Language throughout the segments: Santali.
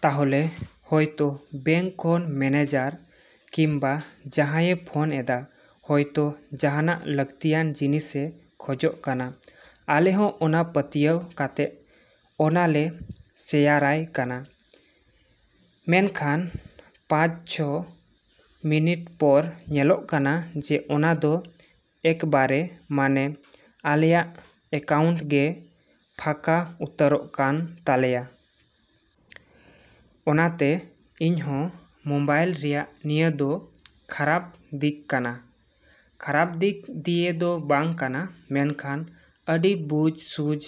ᱛᱟᱦᱚᱞᱮ ᱦᱚᱭᱛᱚ ᱵᱮᱝᱠ ᱠᱷᱚᱱ ᱢᱮᱱᱮᱡᱟᱨ ᱠᱤᱢᱵᱟ ᱡᱟᱦᱟᱭᱮ ᱯᱷᱳᱱ ᱮᱫᱟ ᱦᱚᱭᱛᱚ ᱡᱟᱦᱟᱱᱟᱜ ᱞᱟᱹᱠᱛᱤᱭᱟᱱ ᱡᱤᱱᱤᱥᱮ ᱠᱷᱚᱡᱚᱜ ᱠᱟᱱᱟ᱾ ᱟᱞᱮ ᱦᱚᱸ ᱚᱱᱟ ᱯᱟᱹᱛᱭᱟᱹᱣ ᱠᱟᱛᱮᱫ ᱚᱱᱟ ᱞᱮ ᱥᱮᱭᱟᱨᱟᱭ ᱠᱟᱱᱟ᱾ ᱢᱮᱱᱠᱷᱟᱱ ᱯᱟᱪᱼᱪᱷᱚ ᱢᱤᱱᱤᱴ ᱯᱚᱨ ᱧᱮᱞᱚᱜ ᱠᱟᱱᱟ ᱡᱮ ᱚᱱᱟ ᱫᱚ ᱮᱠᱵᱟᱨᱮ ᱢᱟᱱᱮ ᱟᱞᱮᱭᱟᱜ ᱮᱠᱟᱣᱩᱱᱴ ᱜᱮ ᱯᱷᱟᱠᱟ ᱩᱛᱟᱹᱨᱚᱜ ᱠᱟᱱ ᱛᱟᱞᱮᱭᱟ᱾ ᱚᱱᱟᱛᱮ ᱤᱧᱦᱚᱸ ᱢᱚᱵᱟᱭᱤᱞ ᱨᱮᱭᱟᱜ ᱱᱤᱭᱟᱹ ᱫᱚ ᱠᱷᱟᱨᱟᱯ ᱫᱤᱠ ᱠᱟᱱᱟ᱾ ᱠᱷᱟᱨᱟᱯ ᱫᱤᱠ ᱫᱤᱭᱮ ᱫᱚ ᱵᱟᱝ ᱠᱟᱱᱟ ᱢᱮᱱᱠᱷᱟᱱ ᱟᱹᱰᱤ ᱵᱩᱡᱷ ᱥᱩᱡᱷ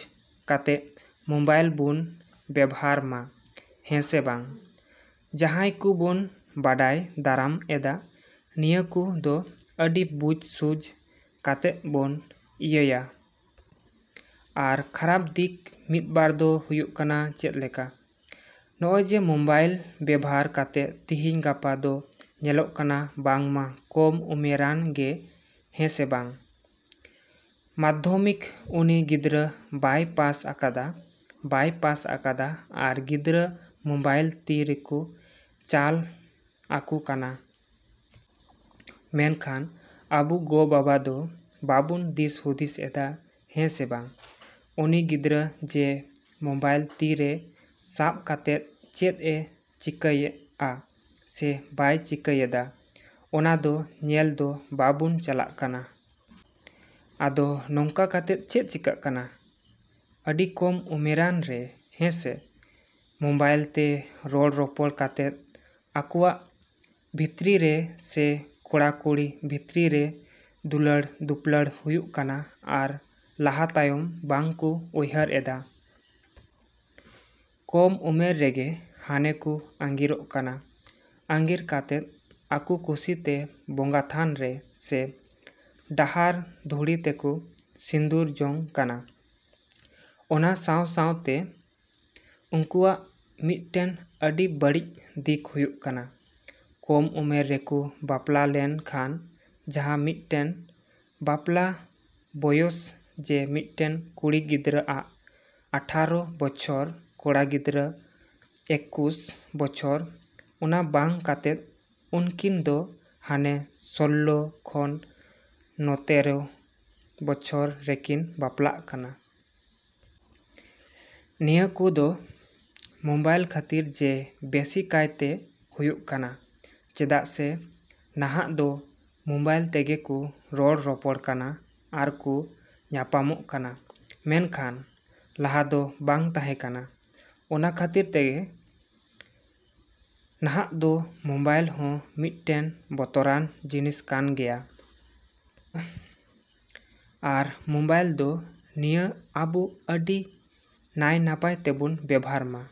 ᱠᱟᱛᱮᱫ ᱢᱚᱵᱟᱭᱤᱞ ᱵᱚᱱ ᱵᱮᱵᱷᱟᱨ ᱢᱟ᱾ ᱦᱮᱸᱥᱮ ᱵᱟᱝ? ᱡᱟᱦᱟᱸᱭ ᱠᱚ ᱵᱚᱱ ᱵᱟᱰᱟᱭ ᱫᱟᱨᱟᱢ ᱮᱫᱟ, ᱱᱤᱭᱟᱹ ᱠᱚ ᱫᱚ ᱟᱹᱰᱤ ᱵᱩᱡᱷ ᱥᱩᱡᱷ ᱠᱟᱛᱮᱫ ᱵᱚᱱ ᱤᱭᱟᱹᱭᱟ᱾ ᱟᱨ ᱠᱷᱟᱨᱟᱯ ᱫᱤᱠ ᱢᱤᱫ ᱵᱟᱨ ᱫᱚ ᱦᱩᱭᱩᱜ ᱠᱟᱱᱟ ᱪᱮᱫ ᱞᱮᱠᱟ? ᱱᱚᱜᱼᱚᱭ ᱡᱮ ᱢᱚᱵᱟᱭᱤᱞ ᱵᱮᱵᱷᱟᱨ ᱠᱟᱛᱮᱫ ᱛᱤᱦᱤᱧ ᱜᱟᱯᱟ ᱫᱚ ᱧᱮᱞᱚᱜ ᱠᱟᱱᱟ ᱵᱟᱝ ᱢᱟ ᱠᱚᱢ ᱩᱢᱮᱨᱟᱱ ᱜᱮ ᱦᱮᱸᱥᱮ ᱵᱟᱝ? ᱢᱟᱫᱷᱚᱢᱤᱠ ᱩᱱᱤ ᱜᱤᱫᱽᱨᱟᱹ ᱵᱟᱭ ᱯᱟᱥ ᱟᱠᱟᱫᱟ, ᱵᱟᱭ ᱯᱟᱥ ᱟᱠᱟᱫᱟ ᱟᱨ ᱜᱤᱫᱽᱨᱟᱹ ᱢᱚᱵᱟᱭᱤᱞ ᱛᱤ ᱨᱮᱵᱚ ᱪᱟᱞ ᱟᱠᱩ ᱠᱟᱱᱟ᱾ ᱢᱮᱱᱠᱷᱟᱱ ᱟᱵᱚ ᱜᱚ ᱵᱟᱵᱟ ᱫᱚ ᱵᱟᱵᱚᱱ ᱫᱤᱥ ᱦᱩᱫᱤᱥ ᱮᱫᱟ ᱦᱮᱸ ᱥᱮ ᱵᱟᱝ? ᱩᱱᱤ ᱜᱤᱫᱽᱨᱟᱹ ᱡᱮ ᱢᱚᱵᱟᱭᱤᱞ ᱛᱤ ᱨᱮ ᱥᱟᱵ ᱠᱟᱛᱮᱫ ᱪᱮᱫ ᱮ ᱪᱤᱠᱟᱹᱭᱮᱜᱼᱟ ᱥᱮ ᱵᱟᱭ ᱪᱤᱠᱟᱹᱭᱮᱫᱟ ᱚᱱᱟ ᱫᱚ ᱧᱮᱞ ᱫᱚ ᱵᱟᱩᱚᱱ ᱪᱟᱞᱟᱜ ᱠᱟᱱᱟ᱾ ᱟᱫᱚ ᱱᱚᱝᱠᱟ ᱠᱟᱛᱮᱫ ᱪᱮᱫ ᱪᱤᱠᱟᱜ ᱠᱟᱱᱟ? ᱟᱹᱰᱤ ᱠᱚᱢ ᱩᱢᱮᱨᱟᱱ ᱨᱮ ᱦᱮᱸ ᱥᱮ? ᱢᱚᱵᱟᱭᱤᱞ ᱛᱮ ᱨᱚᱲ ᱨᱚᱯᱚᱲ ᱠᱟᱛᱮᱫ ᱟᱠᱚᱭᱟᱜ ᱵᱷᱤᱛᱨᱤ ᱨᱮ ᱥᱮ ᱠᱚᱲᱟ ᱠᱩᱲᱤ ᱵᱷᱤᱛᱨᱤ ᱨᱮ ᱫᱩᱞᱟᱹᱲ ᱫᱩᱯᱞᱟᱹᱲ ᱦᱩᱭᱩᱜ ᱠᱟᱱᱟ ᱟᱨ ᱞᱟᱦᱟ ᱛᱟᱭᱚᱢ ᱵᱟᱝ ᱠᱩ ᱩᱭᱦᱟᱹᱨ ᱮᱫᱟ᱾ ᱠᱚᱢ ᱩᱢᱮᱨ ᱨᱮᱜᱮ ᱦᱟᱱᱮ ᱠᱩ ᱟᱹᱜᱤᱨᱚᱜ ᱠᱟᱱᱟ᱾ ᱟᱹᱜᱤᱨ ᱠᱟᱛᱮᱫ ᱟᱠᱚ ᱠᱩᱥᱤ ᱛᱮ ᱵᱚᱸᱜᱟ ᱛᱷᱟᱱ ᱨᱮ ᱥᱮ ᱰᱟᱦᱟᱨ ᱰᱷᱩᱲᱤ ᱛᱮᱠᱩ ᱥᱤᱸᱫᱩᱨ ᱡᱚᱝ ᱠᱟᱱᱟ᱾ ᱚᱱᱟ ᱥᱟᱶᱼᱥᱟᱶᱛᱮ ᱩᱱᱠᱩᱣᱟᱜ ᱢᱤᱫᱴᱮᱱ ᱟᱹᱰᱤ ᱵᱟᱹᱲᱤᱡ ᱫᱤᱠ ᱦᱤᱡᱩᱜ ᱠᱟᱱᱟ᱾ ᱠᱚᱢ ᱩᱢᱮᱨ ᱨᱮᱠᱚ ᱵᱟᱯᱞᱟ ᱞᱮᱱ ᱠᱷᱟᱱ ᱡᱟᱦᱟᱸ ᱢᱤᱫᱴᱮᱱ ᱵᱟᱯᱞᱟ ᱵᱚᱭᱚᱥ ᱡᱮ ᱢᱤᱫᱴᱮᱱ ᱠᱩᱲᱤ ᱜᱤᱫᱽᱨᱟᱹ ᱟᱜ ᱟᱴᱷᱮᱨᱚ ᱵᱚᱪᱷᱚᱨ, ᱠᱚᱲᱟ ᱜᱤᱫᱽᱨᱟᱹ ᱮᱠᱩᱥ ᱵᱚᱪᱷᱚᱨ, ᱚᱱᱟ ᱵᱟᱝ ᱠᱟᱛᱮᱫ ᱩᱱᱠᱤᱱ ᱫᱚ ᱦᱟᱱᱮ ᱥᱳᱞᱞᱳ ᱠᱷᱚᱱ ᱥᱚᱛᱮᱨᱚ ᱵᱚᱪᱷᱚᱨ ᱨᱮᱠᱤᱱ ᱵᱟᱯᱞᱟᱜ ᱠᱟᱱᱟ᱾ ᱱᱤᱭᱟᱹ ᱠᱩ ᱫᱚ ᱢᱚᱵᱟᱭᱤᱞ ᱠᱷᱟᱹᱛᱤᱨ ᱡᱮ ᱵᱮᱥᱤ ᱠᱟᱭᱛᱮ ᱦᱩᱭᱩᱜ ᱠᱟᱱᱟ᱾ ᱪᱮᱫᱟᱜ ᱥᱮ ᱱᱟᱦᱟᱜ ᱫᱚ ᱢᱚᱵᱟᱭᱤᱞ ᱛᱮᱜᱮ ᱠᱩ ᱨᱚᱲ ᱨᱚᱯᱚᱲ ᱠᱟᱱᱟ ᱟᱨ ᱠᱚ ᱧᱟᱯᱟᱢᱚᱜ ᱠᱟᱱᱟ᱾ ᱢᱮᱱᱠᱷᱟᱱ ᱞᱟᱦᱟ ᱫᱚ ᱵᱟᱝ ᱛᱟᱦᱮᱸ ᱠᱟᱱᱟ᱾ ᱚᱱᱟ ᱠᱷᱟᱹᱛᱤᱨ ᱛᱮ ᱱᱟᱦᱟᱜ ᱫᱚ ᱢᱚᱵᱟᱭᱤᱞ ᱦᱚᱸ ᱢᱤᱫᱴᱮᱱ ᱵᱚᱛᱚᱨᱟᱱ ᱡᱤᱱᱤᱥ ᱠᱟᱱ ᱜᱮᱭᱟ᱾ ᱟᱨ ᱢᱚᱵᱟᱭᱤᱞ ᱫᱚ ᱱᱤᱭᱟᱹ ᱟᱵᱚ ᱟᱹᱰᱤ ᱱᱟᱭ ᱱᱟᱯᱟᱭ ᱛᱮᱵᱚᱱ ᱵᱮᱵᱷᱟᱨ ᱢᱟ᱾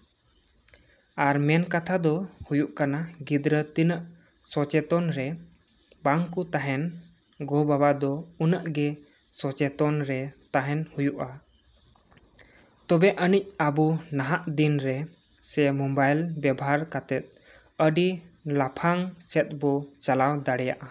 ᱟᱨ ᱢᱮᱱ ᱠᱟᱛᱷᱟ ᱫᱚ ᱦᱩᱭᱩᱜ ᱠᱟᱱᱟ ᱜᱤᱫᱽᱨᱟᱹ ᱛᱤᱱᱟᱹᱜ ᱥᱚᱪᱮᱛᱚᱱ ᱨᱮ ᱵᱟᱝ ᱠᱚ ᱛᱟᱦᱮᱸᱱ, ᱜᱚ ᱵᱟᱵᱟ ᱫᱚ ᱩᱱᱟᱹᱜ ᱜᱮ ᱥᱚᱪᱮᱛᱚᱱ ᱨᱮ ᱛᱟᱦᱮᱸᱱ ᱦᱩᱭᱩᱜᱼᱟ᱾ ᱛᱚᱵᱮ ᱟᱹᱱᱤᱡ ᱟᱵᱚ ᱱᱟᱦᱟᱜ ᱫᱤᱱ ᱨᱮ ᱥᱮ ᱢᱚᱵᱟᱭᱤᱞ ᱵᱮᱵᱷᱟᱨ ᱠᱟᱛᱮᱫ ᱟᱹᱰᱤ ᱞᱟᱯᱷᱟᱝ ᱥᱮᱫ ᱵᱩ ᱪᱟᱞᱟᱣ ᱫᱟᱲᱮᱭᱟᱜᱼᱟ᱾।